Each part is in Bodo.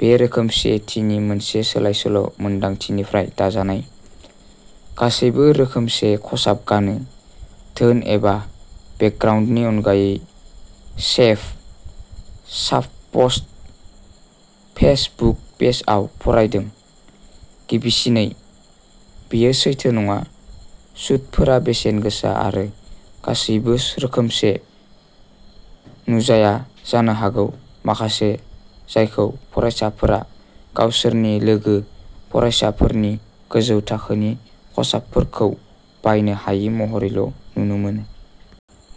बे रोखोमसेथिनि मोनसे सोलाय-सोल' मोनदांथिनिफ्राय दाजानाय। गासैबो रोखोमसे खसाब गानो, धोन एबा बेकग्राउन्डनि अनगायै सेभ साबफस्क फेसबुक पेजआव फरायदों। गिबिसिनै, बेयो सैथो नङा सुटफोरा बेसेन गोसा आरो गासैबो रोखोमसे नुजाया जानो हागौ माखासे जायखौ फरायसाफोरा गावसोरनि लोगो फरायसाफोरनि गोजौ थाखोनि खसाबफोरखौ बायनो हायि महरैल' नुनो मोनो।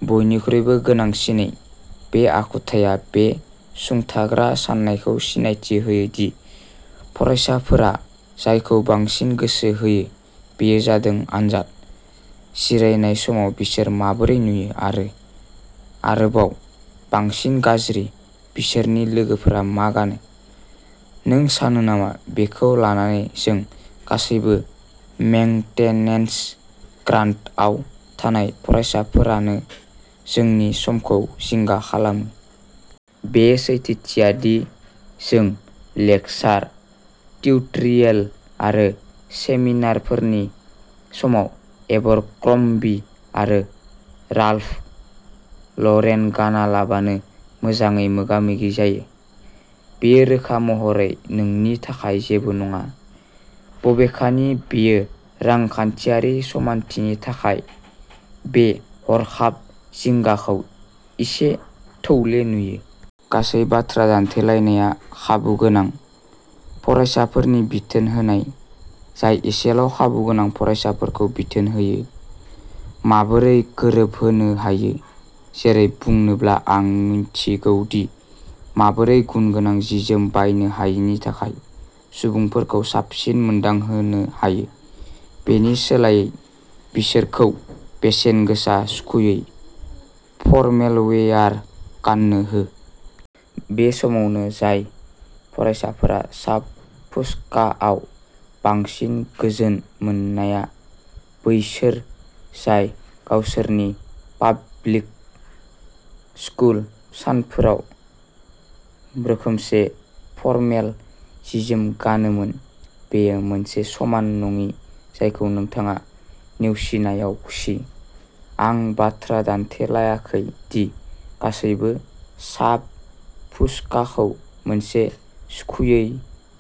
बयनिख्रुइबो गोनांसिनै, बे आखुथाया बे सुंथाग्रा सान्नायखौ सिनायथि होयो दि फरायसाफोरा जायखौ बांसिन गोसो होयो बेयो जादों आनजाद जिरायनाय समाव बिसोर माबोरै नुयो आरो, आरोबाव बांसिन गाज्रि, बिसोरनि लोगोफोरा मा गानो। नों सानो नामा बेखौ लानानै जों गासैबो मेंटेनेन्स ग्रान्टआव थानाय फरायसाफोरानो जोंनि समखौ जिंगा खालामो? बे सैथोथिया दि जों लेकचार, टिउटरियेल आरो सेमिनारफोरनि समाव एबरक्र'म्बी आरो राल्फ लरेन गानालाबानो मोजाङै मोगा-मोगि जायो, बेयो रोखा महरै नोंनि थाखाय जेबो नङा बबेखानि बेयो रांखान्थियारि समानथिनि थाखाय बे हरखाब जिंगाखौ एसे थौले नुयो। गासै बाथ्रा दान्थेलायनाया खाबु गोनां फरायसाफोरनि बिथोन होनाय, जाय एसेल' खाबु गोनां फरायसाफोरखौ बिथोन होयो। माबोरै गोरोबहोनो हायो, जेरै बुंनोब्ला आं मिन्थिगौ दि माबोरै गुनगोनां जि-जोम बायनो हायैनि थाखाय सुबुंफोरखौ साबसिन मोनदांहोनो हायो; बेनि सोलायै बिसोरखौ बेसेन गोसा, सुखुयै, फरमेलवेयार गान्नो हो। बे समावनो, जाय फरायसाफोरा साब-फुसकाआव बांसिन गोजोन मोननाया बैसोर जाय गावसोरनि पाब्लिक-स्कुल सानफोराव रोखोमसे फरमेल जि-जोम गानोमोन, बेयो मोनसे समान नङि जायखौ नोंथाङा नेवसिनायाव खुसि। आं बाथ्रा दानथेलायाखै दि गासैबो साब-फुसकाखौ मोनसे सुखुयै,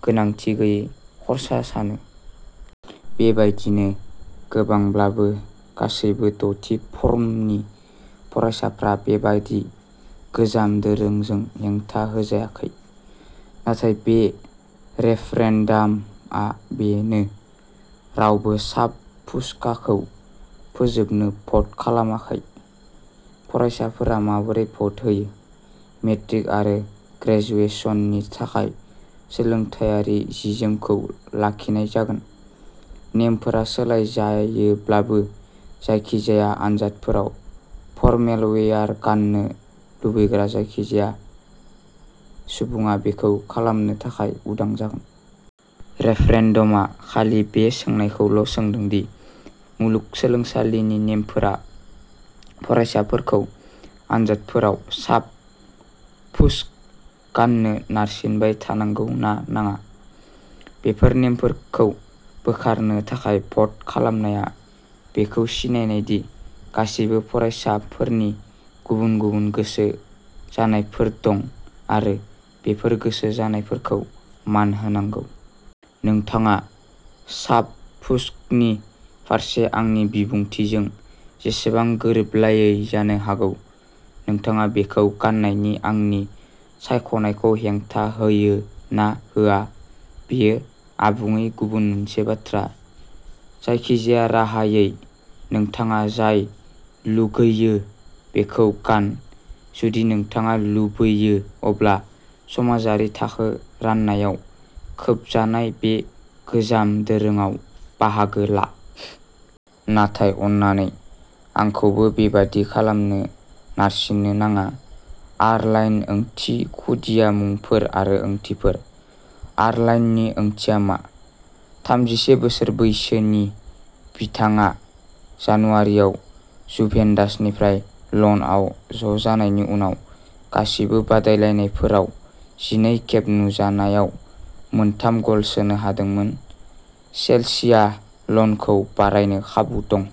गोनांथि गैयै खर्सा सानो। बेबायदिनो, गोबांब्लाबो, गासैबो द'थि फर्मनि फरायसाफ्रा बेबादि गोजाम दोरोंजों हेंथा होजायाखै। नाथाय बे रेफरेन्डामआ बेनो। रावबो साब-फुसकाखौ फोजोबनो भ'ट खालामाखै। फरायसाफोरा माबोरै भ'ट होयो, मेट्रिक आरो ग्रेजुएशननि थाखाय सोलोंथायारि जि-जोमखौ लाखिनाय जागोन। नेमफोरा सोलायजायोब्लाबो, जायखिजाया आनजादफोराव फरमेलवेयार गान्नो लुबैग्रा जायखिजाया सुबुङा बेखौ खालामनो थाखाय उदां जागोन। रेफरेन्डमआ खालि बे सोंनायखौल' सोंदों दि मुलुगसोलोंसालिनि नेमफोरा फरायसाफोरखौ आनजादफोराव साब फुस्क गान्नो नारसिनबाय थानांगौ ना नाङा। बेफोर नेमफोरखौ बोखारनो थाखाय भ'ट खालामनाया बेखौ सिनायनाय दि गासिबो फरायसाफोरनि गुबुन गुबुन गोसो जानायफोर दं, आरो बेफोर गोसो जानायफोरखौ मान होनांगौ। नोंथाङा साब फुस्कनि फारसे आंनि बिबुंथिजों जेसेबां गोरोबलायै जानो हागौ, नोंथाङा बेखौ गान्नायनि आंनि सायख'नायखौ हेंथा होयो ना होआ, बेयो आबुङै गुबुन मोनसे बाथ्रा। जायखिजाया राहायै नोंथाङा जाय लुगैयो बेखौ गान। जुदि नोंथाङा लुबैयो अब्ला समाजारि थाखो राननायाव खोबजानाय बे गोजाम दोरोंआव बाहागो ला। नाथाय अन्नानै, आंखौबो बेबादि खालामनो नारसिननो नाङा। आर्लाइन ओंथि खुदिया मुंफोर आरो ओंथिफोर। आर्लाइननि ओंथिया मा? थामजिसे बोसोर बैसोनि बिथाङा जानुवारिआव जुभेन्टासनिफ्राय ल'नआव ज'जानायनि उनाव गासिबो बादायलायनायफोराव जिनै खेब नुजानायाव मोनथाम गल सोनो हादोंमोन। चेल्सिया ल'नखौ बारायनो खाबु दं।